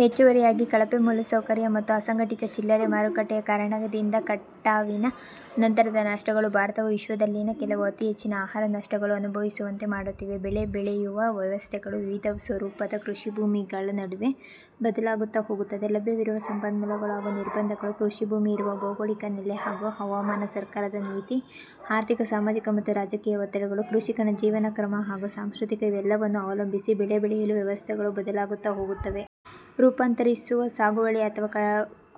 ಹೆಚ್ಚುವರಿಯಾಗಿ, ಕಳಪೆ ಮೂಲಸೌಕರ್ಯ ಮತ್ತು ಅಸಂಘಟಿತ ಚಿಲ್ಲರೆ ಮಾರುಕಟ್ಟೆಯ ಕಾರಣದಿಂದ ಕಟಾವಿನ ನಂತರದ ನಷ್ಟಗಳು ಭಾರತವು ವಿಶ್ವದಲ್ಲಿನ ಕೆಲವು ಅತಿ ಹೆಚ್ಚಿನ ಆಹಾರ ನಷ್ಟಗಳು ಅನುಭವಿಸುವಂತೆ ಮಾಡುತ್ತಿವೆ. ಬೆಳೆ ಬೆಳೆಯುವ ವ್ಯವಸ್ಥೆಗಳು ವಿವಿಧ ಸ್ವರೂಪದ ಕೃಷಿಭೂಮಿಗಳ ನಡುವೆ ಬದಲಾಗುತ್ತಾ ಹೋಗುತ್ತವೆ. ಲಭ್ಯವಿರುವ ಸಂಪನ್ಮೂಲಗಳು ಹಾಗೂ ನಿರ್ಬಂಧಗಳು; ಕೃಷಿಭೂಮಿ ಇರುವ ಭೌಗೋಳಿಕ ನೆಲೆ ಹಾಗೂ ಹವಾಮಾನ; ಸರ್ಕಾರದ ನೀತಿ; ಆರ್ಥಿಕ, ಸಾಮಾಜಿಕ ಮತ್ತು ರಾಜಕೀಯ ಒತ್ತಡಗಳು; ಕೃಷಿಕನ ಜೀವನಕ್ರಮ ಹಾಗೂ ಸಂಸ್ಕೃತಿ ಇವೆಲ್ಲದನ್ನೂ ಅವಲಂಬಿಸಿ ಬೆಳೆ ಬೆಳೆಯುವ ವ್ಯವಸ್ಥೆಗಳು ಬದಲಾಗುತ್ತಾ ಹೋಗುತ್ತವೆ. ರೂಪಾಂತರಿಸುವ ಸಾಗುವಳಿ ಅಥವಾ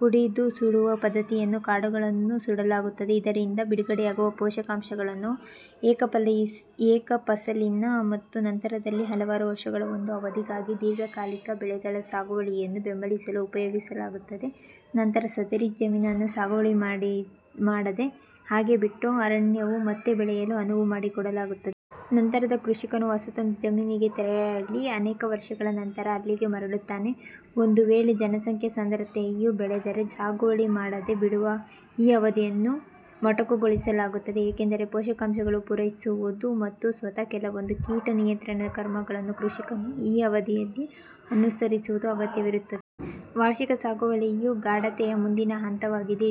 ಕಡಿದು ಸುಡುವ ಪದ್ಧತಿಯಲ್ಲಿ ಕಾಡುಗಳನ್ನು ಸುಡಲಾಗುತ್ತದೆ. ಇದರಿಂದ ಬಿಡುಗಡೆಯಾಗುವ ಪೋಷಕಾಂಶಗಳನ್ನು ಏಕಫಸಲಿನ ಮತ್ತು ನಂತರದಲ್ಲಿ ಹಲವಾರು ವರ್ಷಗಳ ಒಂದು ಅವಧಿಗಾಗಿ ದೀರ್ಘಕಾಲಿಕ ಬೆಳೆಗಳ ಸಾಗುವಳಿಯನ್ನು ಬೆಂಬಲಿಸಲು ಉಪಯೋಗಿಸಲಾಗುತ್ತದೆ. ನಂತರ ಸದರಿ ಜಮೀನನ್ನು ಸಾಗುವಳಿ ಮಾಡದೆ ಹಾಗೇ ಬಿಟ್ಟು, ಅರಣ್ಯವು ಮತ್ತೆ ಬೆಳೆಯಲು ಅನುವು ಮಾಡಿಕೊಡಲಾಗುತ್ತದೆ. ನಂತರ ಕೃಷಿಕನು ಹೊಸತೊಂದು ಜಮೀನಿಗೆ ತೆರಳಿ, ಅನೇಕ ವರ್ಷಗಳ ನಂತರ ಅಲ್ಲಿಗೆ ಮರಳುತ್ತಾನೆ. ಒಂದು ವೇಳೆ ಜನಸಂಖ್ಯಾ ಸಾಂದ್ರತೆಯು ಬೆಳೆದರೆ, ಸಾಗುವಳಿ ಮಾಡದೆ ಬಿಡುವ ಈ ಅವಧಿಯನ್ನು ಮೊಟಕುಗೊಳಿಸಲಾಗುತ್ತದೆ. ಏಕೆಂದರೆ, ಪೋಷಕಾಂಶಗಳು ಪೂರೈಸುವುದು ಮತ್ತು ಸ್ವತಃ ಕೆಲವೊಂದು ಕೀಟ ನಿಯಂತ್ರಣ ಕ್ರಮಗಳನ್ನು ಕೃಷಿಕನು ಈ ಅವಧಿಯಲ್ಲಿ ಅನುಸರಿಸುವುದು ಅಗತ್ಯವಿರುತ್ತದೆ. ವಾರ್ಷಿಕ ಸಾಗುವಳಿಯು ಗಾಢತೆಯ ಮುಂದಿನ ಹಂತವಾಗಿದ್ದು,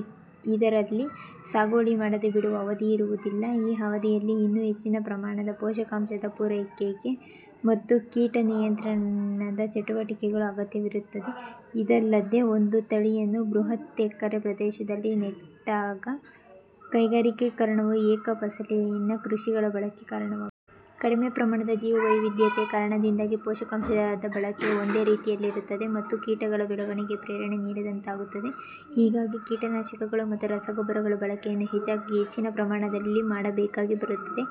ಇದರಲ್ಲಿ ಸಾಗುವಳಿ ಮಾಡದೆ ಬಿಡುವ ಅವಧಿಯಿರುವುದಿಲ್ಲ. ಈ ಅವಧಿಯಲ್ಲಿ ಇನ್ನೂ ಹೆಚ್ಚಿನ ಪ್ರಮಾಣದ ಪೋಷಕಾಂಶದ ಪೂರೈಕೆ ಮತ್ತು ಕೀಟ ನಿಯಂತ್ರಣದ ಚಟುವಟಿಕೆಗಳು ಅಗತ್ಯವಿರುತ್ತವೆ. ಇದಲ್ಲದೆ, ಒಂದು ತಳಿಯನ್ನು ಬೃಹತ್ ಎಕರೆ ಪ್ರದೇಶದಲ್ಲಿ ನೆಟ್ಟಾಗ, ಕೈಗಾರಿಕೀಕರಣವು ಏಕಫಸಲಿನ ಕೃಷಿಗಳ ಬಳಕೆಗೆ ಕಾರಣವಾಗುತ್ತದೆ. ಕಡಿಮೆ ಪ್ರಮಾಣದ ಜೀವ ವೈವಿಧ್ಯತೆ ಯ ಕಾರಣದಿಂದಾಗಿ, ಪೋಷಕಾಂಶದ ಬಳಕೆಯು ಒಂದೇ ರೀತಿಯಲ್ಲಿರುತ್ತದೆ, ಮತ್ತು ಕೀಟಗಳ ಬೆಳವಣಿಗೆಗೆ ಪ್ರೇರಣೆ ನೀಡಿದಂತಾಗುತ್ತದೆ. ಹೀಗಾಗಿ, ಕೀಟನಾಶಕಗಳ ಮತ್ತು ರಸಗೊಬ್ಬರಗಳ ಬಳಕೆಯನ್ನು ಹೆಚ್ಚಿನ ಪ್ರಮಾಣದಲ್ಲಿ ಮಾಡಬೇಕಾಗಿ ಬರುತ್ತದೆ.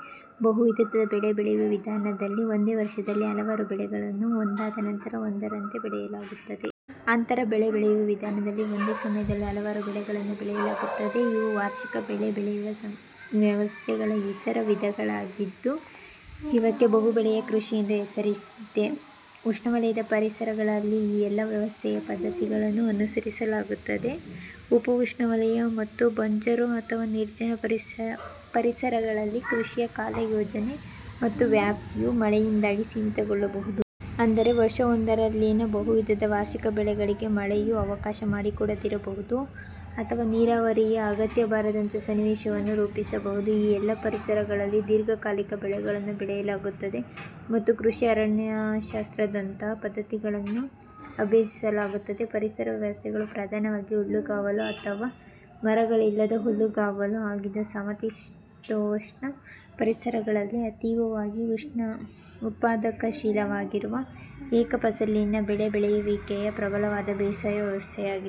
ಬಹುವಿಧದ ಬೆಳೆ ಬೆಳೆಯುವ ವಿಧಾನದಲ್ಲಿ, ಒಂದೇ ವರ್ಷದಲ್ಲಿ ಹಲವಾರು ಬೆಳೆಗಳನ್ನು ಒಂದಾದ ನಂತರ ಒಂದರಂತೆ ಬೆಳೆಯಲಾಗುತ್ತದೆ. ಅಂತರ ಬೆಳೆ ಬೆಳೆಯುವ ವಿಧಾನದಲ್ಲಿ ಒಂದೇ ಸಮಯದಲ್ಲಿ ಹಲವಾರು ಬೆಳೆಗಳನ್ನು ಬೆಳೆಯಲಾಗುತ್ತದೆ. ಇವು ವಾರ್ಷಿಕ ಬೆಳೆ ಬೆಳೆಯುವ ವ್ಯವಸ್ಥೆಗಳ ಇತರ ವಿಧಗಳಾಗಿದ್ದು, ಇವಕ್ಕೆ ಬಹುಬೆಳೆಯ ಕೃಷಿ ಎಂದು ಹೆಸರಿದೆ. ಉಷ್ಣವಲಯದ ಪರಿಸರಗಳಲ್ಲಿ ಈ ಎಲ್ಲ ವ್ಯವಸಾಯ ಪದ್ಧತಿಗಳನ್ನೂ ಅನುಸರಿಸಲಾಗುತ್ತದೆ. ಉಪ-ಉಷ್ಣವಲಯ ಮತ್ತು ಬಂಜರು ಅಥವಾ ನಿರ್ಜಲ ಪರಿಸರಗಳಲ್ಲಿ, ಕೃಷಿಯ ಕಾಲಯೋಜನೆ ಮತ್ತು ವ್ಯಾಪ್ತಿಯು ಮಳೆಯಿಂದಾಗಿ ಸೀಮಿತಗೊಳ್ಳಬಹುದು. ಅಂದರೆ, ವರ್ಷವೊಂದರಲ್ಲಿನ ಬಹುವಿಧದ ವಾರ್ಷಿಕ ಬೆಳೆಗಳಿಗೆ ಮಳೆಯು ಅವಕಾಶ ಮಾಡಿಕೊಡದಿರಬಹುದು, ಅಥವಾ ನೀರಾವರಿ ಯ ಅಗತ್ಯ ಬಾರದಂಥ ಸನ್ನಿವೇಶವನ್ನು ರೂಪಿಸಬಹುದು. ಈ ಎಲ್ಲ ಪರಿಸರಗಳಲ್ಲಿ ದೀರ್ಘಕಾಲಿಕ ಬೆಳೆಗಳನ್ನು ಬೆಳೆಯಲಾಗುತ್ತದೆ ಮತ್ತು ಕೃಷಿ ಅರಣ್ಯಶಾಸ್ತ್ರದಂಥ ಪದ್ಧತಿಗಳನ್ನು ಅಭ್ಯಸಿಸಲಾಗುತ್ತದೆ. ಪರಿಸರ ವ್ಯವಸ್ಥೆಗಳು ಪ್ರಧಾನವಾಗಿ ಹುಲ್ಲುಗಾವಲು ಅಥವಾ ಮರಗಳಿಲ್ಲದ ಹುಲ್ಲುಗಾವಲು ಆಗಿದ್ದ ಸಮಶೀತೋಷ್ಣ ಪರಿಸರಗಳಲ್ಲಿ ಅತೀವವಾಗಿ ಉತ್ಪಾದಕಶೀಲವಾಗಿರುವ ಏಕಫಸಲಿನ ಬೆಳೆ ಬೆಳೆಯುವಿಕೆಯು ಪ್ರಬಲವಾದ ಬೇಸಾಯ ವ್ಯವಸ್ಥೆಯಾಗಿದೆ.